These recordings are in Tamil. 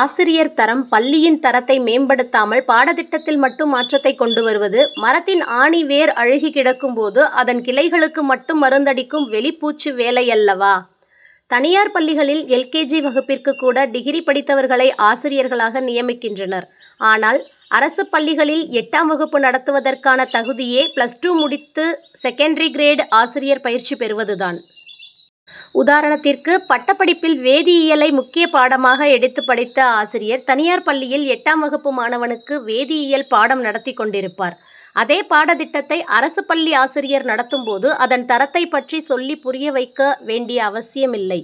ஆசிரியர் தரம், பள்ளியின் தரத்தை மேம்படுத்தாமல், பாடத்திட்டத்தில் மட்டும் மாற்றத்தை கொண்டு வருவது, மரத்தின் ஆணிவேர் அழுகிக் கிடக்கும் போது, அதன் கிளைகளுக்கு மட்டும் மருந்தடிக்கும் வெளிப்பூச்சு வேலையல்லவா! தனியார் பள்ளிகளில், எல். கே. ஜி., வகுப்பிற்கு கூட, டிகிரி படித்தவர்களை ஆசிரியர்களாக நியமிக்கின்றனர். ஆனால், அரசு பள்ளிகளில்எட்டாம் வகுப்பு நடத்துவதற்கான தகுதியே, பிளஸ் டூ முடித்து, செகண்டரி கிரேடு ஆசிரியர் பயிற்சி பெறுவது தான்! உதாரணத்திற்கு, பட்டப் படிப்பில் வேதியியலை முக்கியப் பாடமாக எடுத்து படித்த ஆசிரியர், தனியார் பள்ளியில், எட்டாம் வகுப்பு மாணவனுக்கு, வேதியியல் பாடம் நடத்திக் கொண்டிருப்பார். அதே பாடத்திட்டத்தை, அரசு பள்ளி ஆசிரியர் நடத்தும் போது, அதன் தரத்தைப் பற்றி சொல்லிப் புரிய வைக்க வேண்டிய அவசியம் இல்லை.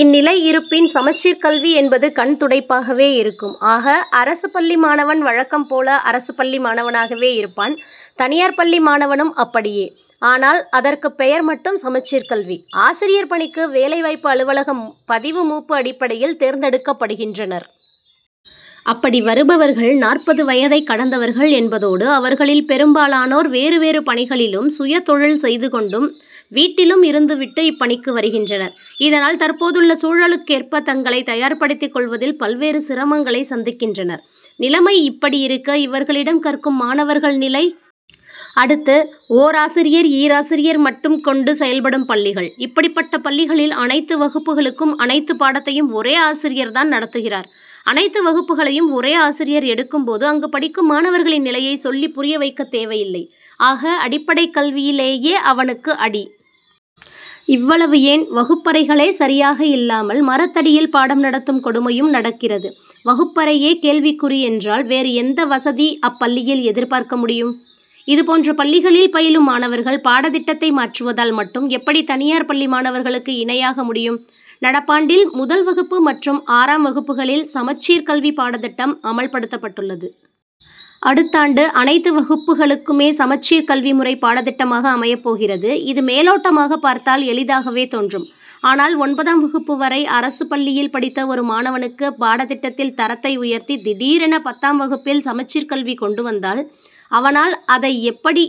இந்நிலை இருப்பின், சமச்சீர் கல்வி என்பது கண்துடைப்பாகவே இருக்கும். ஆக, அரசு பள்ளி மாணவன் வழக்கம் போல, அரசு பள்ளி மாணவனாகவே இருப்பான்; தனியார் பள்ளி மாணவனும் அப்படியே! ஆனால், அதற்கு பெயர் மட்டும் சமச்சீர் கல்வி. ஆசிரியர் பணிக்கு, வேலை வாய்ப்பு அலுவலகப் பதிவு மூப்பு அடிப்படையில் தேர்ந்தெடுக்கப்படுகின்றனர். அப்படி வருபவர்கள், நாற்பது வயதை கடந்தவர்கள் என்பதோடு, அவர்களில் பெரும்பாலானோர், வேறு வேறு பணிகளிலும், சுயதொழில் செய்து கொண்டும், வீட்டிலும் இருந்துவிட்டு, இப்பணிக்கு வருகின்றனர். இதனால், தற்போதுள்ள சூழலுக்கேற்ப தங்களை தயார்படுத்திக் கொள்வதில், பல்வேறு சிரமங்களை சந்திக்கின்றனர். நிலைமை இப்படியிருக்க, இவர்களிடம் கற்கும் மாணவர்கள் நிலை? அடுத்து, ஓராசிரியர், ஈராசியர் மட்டும் கொண்டு செயல்படும் பள்ளிகள்! இப்படிப்பட்ட பள்ளிகளில், அனைத்து வகுப்புகளுக்கும், அனைத்து பாடத்தையும் ஒரே ஆசிரியர் தான் நடத்துகிறார். அனைத்து வகுப்புகளையும் ஒரே ஆசிரியர் எடுக்கும் போது, அங்கு படிக்கும் மாணவர்களின் நிலையை சொல்லிப் புரிய வைக்கத் தேவையில்லை. ஆக, அடிப்படைக் கல்வியிலேயே அவனுக்கு அடி! இவ்வளவு ஏன்வகுப்பறைகளே சரியாக இல்லாமல், மரத்தடியில் பாடம் நடத்தும் கொடுமையும் நடக்கிறது. வகுப்பறையே கேள்விக்குறி என்றால், வேறு எந்த வசதியை அப்பள்ளியில் எதிர்பார்க்க முடியும். இதுபோன்ற பள்ளிகளில் பயிலும் மாணவர்கள், பாடத்திட்டத்தை மாற்றுவதால் மட்டும், எப்படி தனியார் பள்ளி மாணவர்களுக்கு, இணையாக முடியும்? நடப்பாண்டில், முதல் வகுப்பு மற்றும் ஆறாம் வகுப்புகளில், சமச்சீர் கல்வி பாடத்திட்டம் அமல் படுத்தப்பட்டுள்ளது. அடுத்தாண்டு, அனைத்து வகுப்புகளுக்குமே சமச்சீர் கல்வி முறை பாடத்திட்டமாக அமையப் போகிறது. இது, மேலோட்டமாக பார்த்தால் எளிதாகவே தோன்றும். ஆனால், ஒன்பதாம் வகுப்பு வரை, அரசு பள்ளியில் படித்த ஒரு மாணவனுக்கு, பாடத்திட்டத்தின் தரத்தை உயர்த்தி, திடீரென, பத்தாம் வகுப்பில், சமச்சீர் கல்வியை கொண்டு வந்தால், அவனால், அதை எப்படி